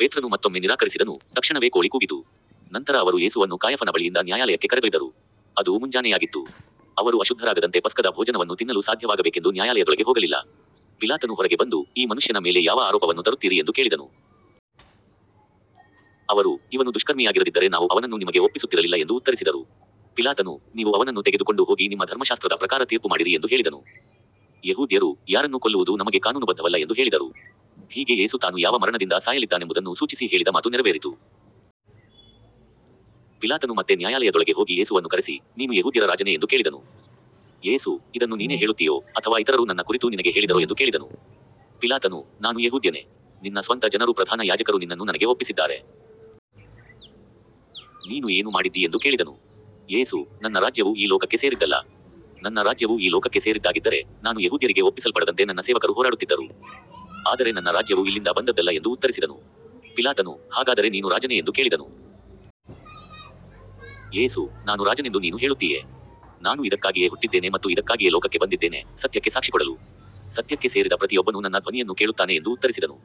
ಪೇತ್ರನು ಮತ್ತೊಮ್ಮೆ ನಿರಾಕರಿಸಿದನು, ತಕ್ಷಣವೇ ಕೋಳಿ ಕೂಗಿತು. ನಂತರ ಅವರು ಯೇಸುವನ್ನು ಕಾಯಫನ ಬಳಿಯಿಂದ ನ್ಯಾಯಾಲಯಕ್ಕೆ ಕರೆದೊಯ್ದರು. ಅದು ಮುಂಜಾನೆಯಾಗಿತ್ತು. ಅವರು ಅಶುದ್ಧರಾಗದಂತೆ ಪಸ್ಕದ ಭೋಜನವನ್ನು ತಿನ್ನಲು ಸಾಧ್ಯವಾಗಬೇಕೆಂದು ನ್ಯಾಯಾಲಯದೊಳಗೆ ಹೋಗಲಿಲ್ಲ. ಪಿಲಾತನು ಹೊರಗೆ ಬಂದು, ಈ ಮನುಷ್ಯನ ಮೇಲೆ ಯಾವ ಆರೋಪವನ್ನು ತರುತ್ತೀರಿ ಎಂದು ಕೇಳಿದನು. ಅವರು, ಇವನು ದುಷ್ಕರ್ಮಿಯಾಗಿರದಿದ್ದರೆ ನಾವು ಅವನನ್ನು ನಿಮಗೆ ಒಪ್ಪಿಸುತ್ತಿರಲಿಲ್ಲ ಎಂದು ಉತ್ತರಿಸಿದರು. ಪಿಲಾತನು, ನೀವು ಅವನನ್ನು ತೆಗೆದುಕೊಂಡು ಹೋಗಿ ನಿಮ್ಮ ಧರ್ಮಶಾಸ್ತ್ರದ ಪ್ರಕಾರ ತೀರ್ಪುಮಾಡಿರಿ ಎಂದು ಹೇಳಿದನು. ಯೆಹೂದ್ಯರು, ಯಾರನ್ನೂ ಕೊಲ್ಲುವುದು ನಮಗೆ ಕಾನೂನುಬದ್ಧವಲ್ಲ ಎಂದು ಹೇಳಿದರು. ಹೀಗೆ ಯೇಸು ತಾನು ಯಾವ ಮರಣದಿಂದ ಸಾಯಲಿದ್ದಾನೆಂಬುದನ್ನು ಸೂಚಿಸಿ ಹೇಳಿದ ಮಾತು ನೆರವೇರಿತು. ಪಿಲಾತನು ಮತ್ತೆ ನ್ಯಾಯಾಲಯದೊಳಗೆ ಹೋಗಿ ಯೇಸುವನ್ನು ಕರೆಸಿ, ನೀನು ಯೆಹೂದ್ಯರ ರಾಜನೇ ಎಂದು ಕೇಳಿದನು. ಯೇಸು, ಇದನ್ನು ನೀನೇ ಹೇಳುತ್ತೀಯೋ, ಅಥವಾ ಇತರರು ನನ್ನ ಕುರಿತು ನಿನಗೆ ಹೇಳಿದರೋ ಎಂದು ಕೇಳಿದನು. ಪಿಲಾತನು, ನಾನು ಯೆಹೂದ್ಯನೇ? ನಿನ್ನ ಸ್ವಂತ ಜನರೂ ಪ್ರಧಾನ ಯಾಜಕರೂ ನಿನ್ನನ್ನು ನನಗೆ ಒಪ್ಪಿಸಿದ್ದಾರೆ. ನೀನು ಏನು ಮಾಡಿದ್ದೀ ಎಂದು ಕೇಳಿದನು. ಯೇಸು, ನನ್ನ ರಾಜ್ಯವು ಈ ಲೋಕಕ್ಕೆ ಸೇರಿದ್ದಲ್ಲ. ನನ್ನ ರಾಜ್ಯವು ಈ ಲೋಕಕ್ಕೆ ಸೇರಿದ್ದಾಗಿದ್ದರೆ, ನಾನು ಯೆಹೂದ್ಯರಿಗೆ ಒಪ್ಪಿಸಲ್ಪಡದಂತೆ ನನ್ನ ಸೇವಕರು ಹೋರಾಡುತ್ತಿದ್ದರು. ಆದರೆ ನನ್ನ ರಾಜ್ಯವು ಇಲ್ಲಿಂದ ಬಂದದ್ದಲ್ಲ ಎಂದು ಉತ್ತರಿಸಿದನು. ಪಿಲಾತನು, ಹಾಗಾದರೆ ನೀನು ರಾಜನೇ ಎಂದು ಕೇಳಿದನು. ಯೇಸು, ನಾನು ರಾಜನೆಂದು ನೀನು ಹೇಳುತ್ತೀಯೆ. ನಾನು ಇದಕ್ಕಾಗಿಯೇ ಹುಟ್ಟಿದ್ದೇನೆ ಮತ್ತು ಇದಕ್ಕಾಗಿಯೇ ಲೋಕಕ್ಕೆ ಬಂದಿದ್ದೇನೆ, ಸತ್ಯಕ್ಕೆ ಸಾಕ್ಷಿಕೊಡಲು. ಸತ್ಯಕ್ಕೆ ಸೇರಿದ ಪ್ರತಿಯೊಬ್ಬನು ನನ್ನ ಧ್ವನಿಯನ್ನು ಕೇಳುತ್ತಾನೆ ಎಂದು ಉತ್ತರಿಸಿದನು.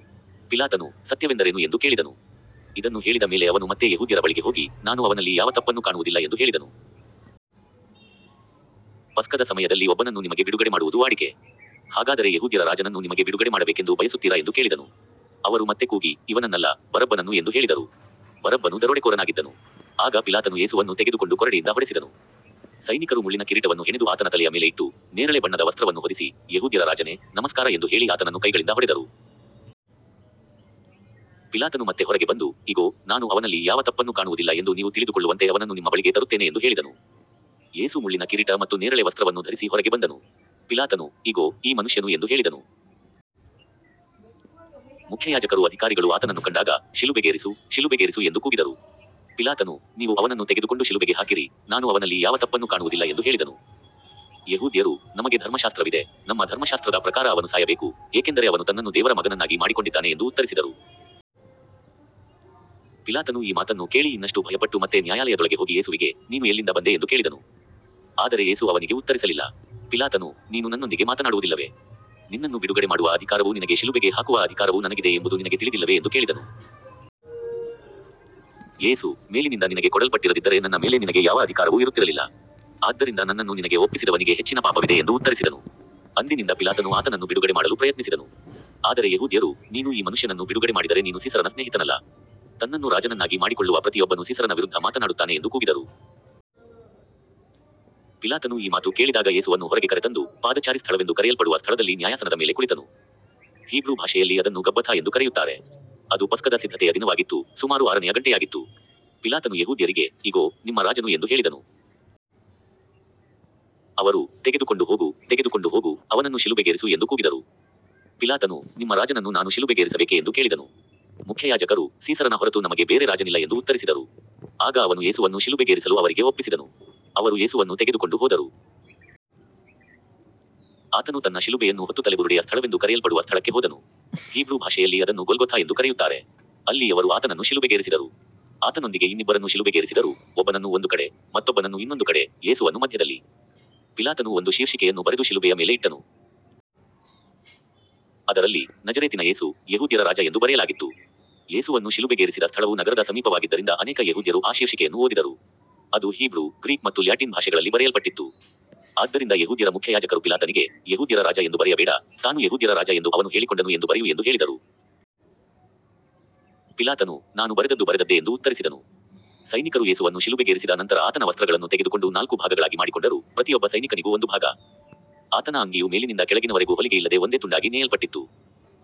ಪಿಲಾತನು, ಸತ್ಯವೆಂದರೇನು ಎಂದು ಕೇಳಿದನು. ಇದನ್ನು ಹೇಳಿದ ಮೇಲೆ ಅವನು ಮತ್ತೆ ಯೆಹೂದ್ಯರ ಬಳಿಗೆ ಹೋಗಿ, ನಾನು ಅವನಲ್ಲಿ ಯಾವ ತಪ್ಪನ್ನೂ ಕಾಣುವುದಿಲ್ಲ ಎಂದು ಹೇಳಿದನು. ಪಸ್ಕದ ಸಮಯದಲ್ಲಿ ಒಬ್ಬನನ್ನು ನಿಮಗೆ ಬಿಡುಗಡೆಮಾಡುವುದು ವಾಡಿಕೆ. ಹಾಗಾದರೆ ಯೆಹೂದ್ಯರ ರಾಜನನ್ನು ನಿಮಗೆ ಬಿಡುಗಡೆಮಾಡಬೇಕೆಂದು ಬಯಸುತ್ತೀರಾ ಎಂದು ಕೇಳಿದನು. ಅವರು ಮತ್ತೆ ಕೂಗಿ, ಇವನನ್ನಲ್ಲ, ಬರಬ್ಬನನ್ನು ಎಂದು ಹೇಳಿದರು. ಬರಬ್ಬನು ದರೋಡೆಕೋರನಾಗಿದ್ದನು. ಆಗ ಪಿಲಾತನು ಯೇಸುವನ್ನು ತೆಗೆದುಕೊಂಡು ಕೊರಡೆಯಿಂದ ಹೊಡೆಸಿದನು. ಸೈನಿಕರು ಮುಳ್ಳಿನ ಕಿರೀಟವನ್ನು ಹೆಣೆದು ಆತನ ತಲೆಯ ಮೇಲೆ ಇಟ್ಟು, ನೇರಳೆ ಬಣ್ಣದ ವಸ್ತ್ರವನ್ನು ಹೊದಿಸಿ, ಯೆಹೂದ್ಯರ ರಾಜನೇ, ನಮಸ್ಕಾರ ಎಂದು ಹೇಳಿ ಆತನನ್ನು ಕೈಗಳಿಂದ ಹೊಡೆದರು. ಪಿಲಾತನು ಮತ್ತೆ ಹೊರಗೆ ಬಂದು, ಇಗೋ, ನಾನು ಅವನಲ್ಲಿ ಯಾವ ತಪ್ಪನ್ನೂ ಕಾಣುವುದಿಲ್ಲ ಎಂದು ನೀವು ತಿಳಿದುಕೊಳ್ಳುವಂತೆ ಅವನನ್ನು ನಿಮ್ಮ ಬಳಿಗೆ ತರುತ್ತೇನೆ ಎಂದು ಹೇಳಿದನು. ಯೇಸು ಮುಳ್ಳಿನ ಕಿರೀಟ ಮತ್ತು ನೇರಳೆ ವಸ್ತ್ರವನ್ನು ಧರಿಸಿ ಹೊರಗೆ ಬಂದನು. ಪಿಲಾತನು, ಇಗೋ, ಈ ಮನುಷ್ಯನು ಎಂದು ಹೇಳಿದನು. ಮುಖ್ಯಯಾಜಕರೂ ಅಧಿಕಾರಿಗಳೂ ಆತನನ್ನು ಕಂಡಾಗ, ಶಿಲುಬೆಗೇರಿಸು, ಶಿಲುಬೆಗೇರಿಸು ಎಂದು ಕೂಗಿದರು. ಪಿಲಾತನು, ನೀವು ಅವನನ್ನು ತೆಗೆದುಕೊಂಡು ಶಿಲುಬೆಗೆ ಹಾಕಿರಿ, ನಾನು ಅವನಲ್ಲಿ ಯಾವ ತಪ್ಪನ್ನೂ ಕಾಣುವುದಿಲ್ಲ ಎಂದು ಹೇಳಿದನು. ಯೆಹೂದ್ಯರು, ನಮಗೆ ಧರ್ಮಶಾಸ್ತ್ರವಿದೆ, ನಮ್ಮ ಧರ್ಮಶಾಸ್ತ್ರದ ಪ್ರಕಾರ ಅವನು ಸಾಯಬೇಕು, ಏಕೆಂದರೆ ಅವನು ತನ್ನನ್ನು ದೇವರ ಮಗನನ್ನಾಗಿ ಮಾಡಿಕೊಂಡಿದ್ದಾನೆ ಎಂದು ಉತ್ತರಿಸಿದರು. ಪಿಲಾತನು ಈ ಮಾತನ್ನು ಕೇಳಿ ಇನ್ನಷ್ಟು ಭಯಪಟ್ಟು ಮತ್ತೆ ನ್ಯಾಯಾಲಯದೊಳಗೆ ಹೋಗಿ ಯೇಸುವಿಗೆ, ನೀನು ಎಲ್ಲಿಂದ ಬಂದೆ ಎಂದು ಕೇಳಿದನು. ಆದರೆ ಯೇಸು ಅವನಿಗೆ ಉತ್ತರಿಸಲಿಲ್ಲ. ಪಿಲಾತನು, ನೀನು ನನ್ನೊಂದಿಗೆ ಮಾತನಾಡುವುದಿಲ್ಲವೇ? ನಿನ್ನನ್ನು ಬಿಡುಗಡೆಮಾಡುವ ಅಧಿಕಾರವೂ ನಿನಗೆ ಶಿಲುಬೆಗೆ ಹಾಕುವ ಅಧಿಕಾರವೂ ನನಗಿದೆ ಎಂಬುದು ನಿನಗೆ ತಿಳಿದಿಲ್ಲವೇ ಎಂದು ಕೇಳಿದನು. ಯೇಸು, ಮೇಲಿನಿಂದ ನಿನಗೆ ಕೊಡಲ್ಪಟ್ಟಿರದಿದ್ದರೆ ನನ್ನ ಮೇಲೆ ನಿನಗೆ ಯಾವ ಅಧಿಕಾರವೂ ಇರುತ್ತಿರಲಿಲ್ಲ. ಆದ್ದರಿಂದ ನನ್ನನ್ನು ನಿನಗೆ ಒಪ್ಪಿಸಿದವನಿಗೆ ಹೆಚ್ಚಿನ ಪಾಪವಿದೆ ಎಂದು ಉತ್ತರಿಸಿದನು. ಅಂದಿನಿಂದ ಪಿಲಾತನು ಆತನನ್ನು ಬಿಡುಗಡೆಮಾಡಲು ಪ್ರಯತ್ನಿಸಿದನು. ಆದರೆ ಯೆಹೂದ್ಯರು, ನೀನು ಈ ಮನುಷ್ಯನನ್ನು ಬಿಡುಗಡೆಮಾಡಿದರೆ ನೀನು ಸೀಸರನ ಸ್ನೇಹಿತನಲ್ಲ. ತನ್ನನ್ನು ರಾಜನನ್ನಾಗಿ ಮಾಡಿಕೊಳ್ಳುವ ಪ್ರತಿಯೊಬ್ಬನೂ ಸೀಸರನ ವಿರುದ್ಧ ಮಾತನಾಡುತ್ತಾನೆ ಎಂದು ಕೂಗಿದರು. ಪಿಲಾತನು ಈ ಮಾತು ಕೇಳಿದಾಗ ಯೇಸುವನ್ನು ಹೊರಗೆ ಕರೆತಂದು, ಪಾದಚಾರಿ ಸ್ಥಳವೆಂದು ಕರೆಯಲ್ಪಡುವ ಸ್ಥಳದಲ್ಲಿ ನ್ಯಾಯಾಸನದ ಮೇಲೆ ಕುಳಿತನು. ಹೀಬ್ರೂ ಭಾಷೆಯಲ್ಲಿ ಅದನ್ನು ಗಬ್ಬಥಾ ಎಂದು ಕರೆಯುತ್ತಾರೆ. ಅದು ಪಸ್ಕದ ಸಿದ್ಧತೆಯ ದಿನವಾಗಿತ್ತು, ಸುಮಾರು ಆರನೆಯ ಗಂಟೆಯಾಗಿತ್ತು. ಪಿಲಾತನು ಯೆಹೂದ್ಯರಿಗೆ, ಇಗೋ, ನಿಮ್ಮ ರಾಜನು ಎಂದು ಹೇಳಿದನು. ಅವರು, ತೆಗೆದುಕೊಂಡು ಹೋಗು, ತೆಗೆದುಕೊಂಡು ಹೋಗು, ಅವನನ್ನು ಶಿಲುಬೆಗೇರಿಸು ಎಂದು ಕೂಗಿದರು. ಪಿಲಾತನು, ನಿಮ್ಮ ರಾಜನನ್ನು ನಾನು ಶಿಲುಬೆಗೇರಿಸಬೇಕೇ ಎಂದು ಕೇಳಿದನು. ಮುಖ್ಯಯಾಜಕರು, ಸೀಸರನ ಹೊರತು ನಮಗೆ ಬೇರೆ ರಾಜನಿಲ್ಲ ಎಂದು ಉತ್ತರಿಸಿದರು. ಆಗ ಅವನು ಯೇಸುವನ್ನು ಶಿಲುಬೆಗೇರಿಸಲು ಅವರಿಗೆ ಒಪ್ಪಿಸಿದನು. ಅವರು ಯೇಸುವನ್ನು ತೆಗೆದುಕೊಂಡು ಹೋದರು. ಆತನು ತನ್ನ ಶಿಲುಬೆಯನ್ನು ಹೊತ್ತು ತಲೆಬುರುಡೆಯ ಸ್ಥಳವೆಂದು ಕರೆಯಲ್ಪಡುವ ಸ್ಥಳಕ್ಕೆ ಹೋದನು. ಹೀಬ್ರೂ ಭಾಷೆಯಲ್ಲಿ ಅದನ್ನು ಗೊಲ್ಗೊಥಾ ಎಂದು ಕರೆಯುತ್ತಾರೆ. ಅಲ್ಲಿ ಅವರು ಆತನನ್ನು ಶಿಲುಬೆಗೇರಿಸಿದರು. ಆತನೊಂದಿಗೆ ಇನ್ನಿಬ್ಬರನ್ನೂ ಶಿಲುಬೆಗೇರಿಸಿದರು, ಒಬ್ಬನನ್ನು ಒಂದು ಕಡೆ, ಮತ್ತೊಬ್ಬನನ್ನು ಇನ್ನೊಂದು ಕಡೆ, ಯೇಸುವನ್ನು ಮಧ್ಯದಲ್ಲಿ. ಪಿಲಾತನು ಒಂದು ಶೀರ್ಷಿಕೆಯನ್ನು ಬರೆದು ಶಿಲುಬೆಯ ಮೇಲೆ ಇಟ್ಟನು. ಅದರಲ್ಲಿ, ನಜರೇತಿನ ಯೇಸು, ಯೆಹೂದ್ಯರ ರಾಜ ಎಂದು ಬರೆಯಲಾಗಿತ್ತು. ಯೇಸುವನ್ನು ಶಿಲುಬೆಗೇರಿಸಿದ ಸ್ಥಳವು ನಗರದ ಸಮೀಪವಾಗಿದ್ದರಿಂದ ಅನೇಕ ಯೆಹೂದ್ಯರು ಆ ಶೀರ್ಷಿಕೆಯನ್ನು ಓದಿದರು. ಅದು ಹೀಬ್ರೂ, ಗ್ರೀಕ್ ಮತ್ತು ಲ್ಯಾಟಿನ್ ಭಾಷೆಗಳಲ್ಲಿ ಬರೆಯಲ್ಪಟ್ಟಿತ್ತು. ಆದ್ದರಿಂದ ಯೆಹೂದ್ಯರ ಮುಖ್ಯಯಾಜಕರು ಪಿಲಾತನಿಗೆ, ಯೆಹೂದ್ಯರ ರಾಜ ಎಂದು ಬರೆಯಬೇಡ, ತಾನು ಯೆಹೂದ್ಯರ ರಾಜ ಎಂದು ಅವನು ಹೇಳಿಕೊಂಡನು ಎಂದು ಬರೆಯು ಎಂದು ಹೇಳಿದರು. ಪಿಲಾತನು, ನಾನು ಬರೆದದ್ದು ಬರೆದದ್ದೇ ಎಂದು ಉತ್ತರಿಸಿದನು. ಸೈನಿಕರು ಯೇಸುವನ್ನು ಶಿಲುಬೆಗೇರಿಸಿದ ನಂತರ ಆತನ ವಸ್ತ್ರಗಳನ್ನು ತೆಗೆದುಕೊಂಡು ನಾಲ್ಕು ಭಾಗಗಳಾಗಿ ಮಾಡಿಕೊಂಡರು, ಪ್ರತಿಯೊಬ್ಬ ಸೈನಿಕನಿಗೂ ಒಂದು ಭಾಗ. ಆತನ ಅಂಗಿಯು ಮೇಲಿನಿಂದ ಕೆಳಗಿನವರೆಗೂ ಹೊಲಿಗೆಯಿಲ್ಲದೆ ಒಂದೇ ತುಂಡಾಗಿ ನೇಯಲ್ಪಟ್ಟಿತ್ತು.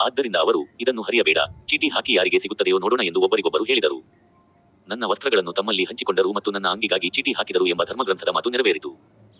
ಆದ್ದರಿಂದ ಅವರು, ಇದನ್ನು ಹರಿಯಬೇಡ, ಚೀಟಿ ಹಾಕಿ ಯಾರಿಗೆ ಸಿಗುತ್ತದೆಯೋ ನೋಡೋಣ ಎಂದು ಒಬ್ಬರಿಗೊಬ್ಬರು ಹೇಳಿದರು. ನನ್ನ ವಸ್ತ್ರಗಳನ್ನು ತಮ್ಮಲ್ಲಿ ಹಂಚಿಕೊಂಡರು ಮತ್ತು ನನ್ನ ಅಂಗಿಗಾಗಿ ಚೀಟಿ ಹಾಕಿದರು ಎಂಬ ಧರ್ಮಗ್ರಂಥದ ಮಾತು ನೆರವೇರಿತು.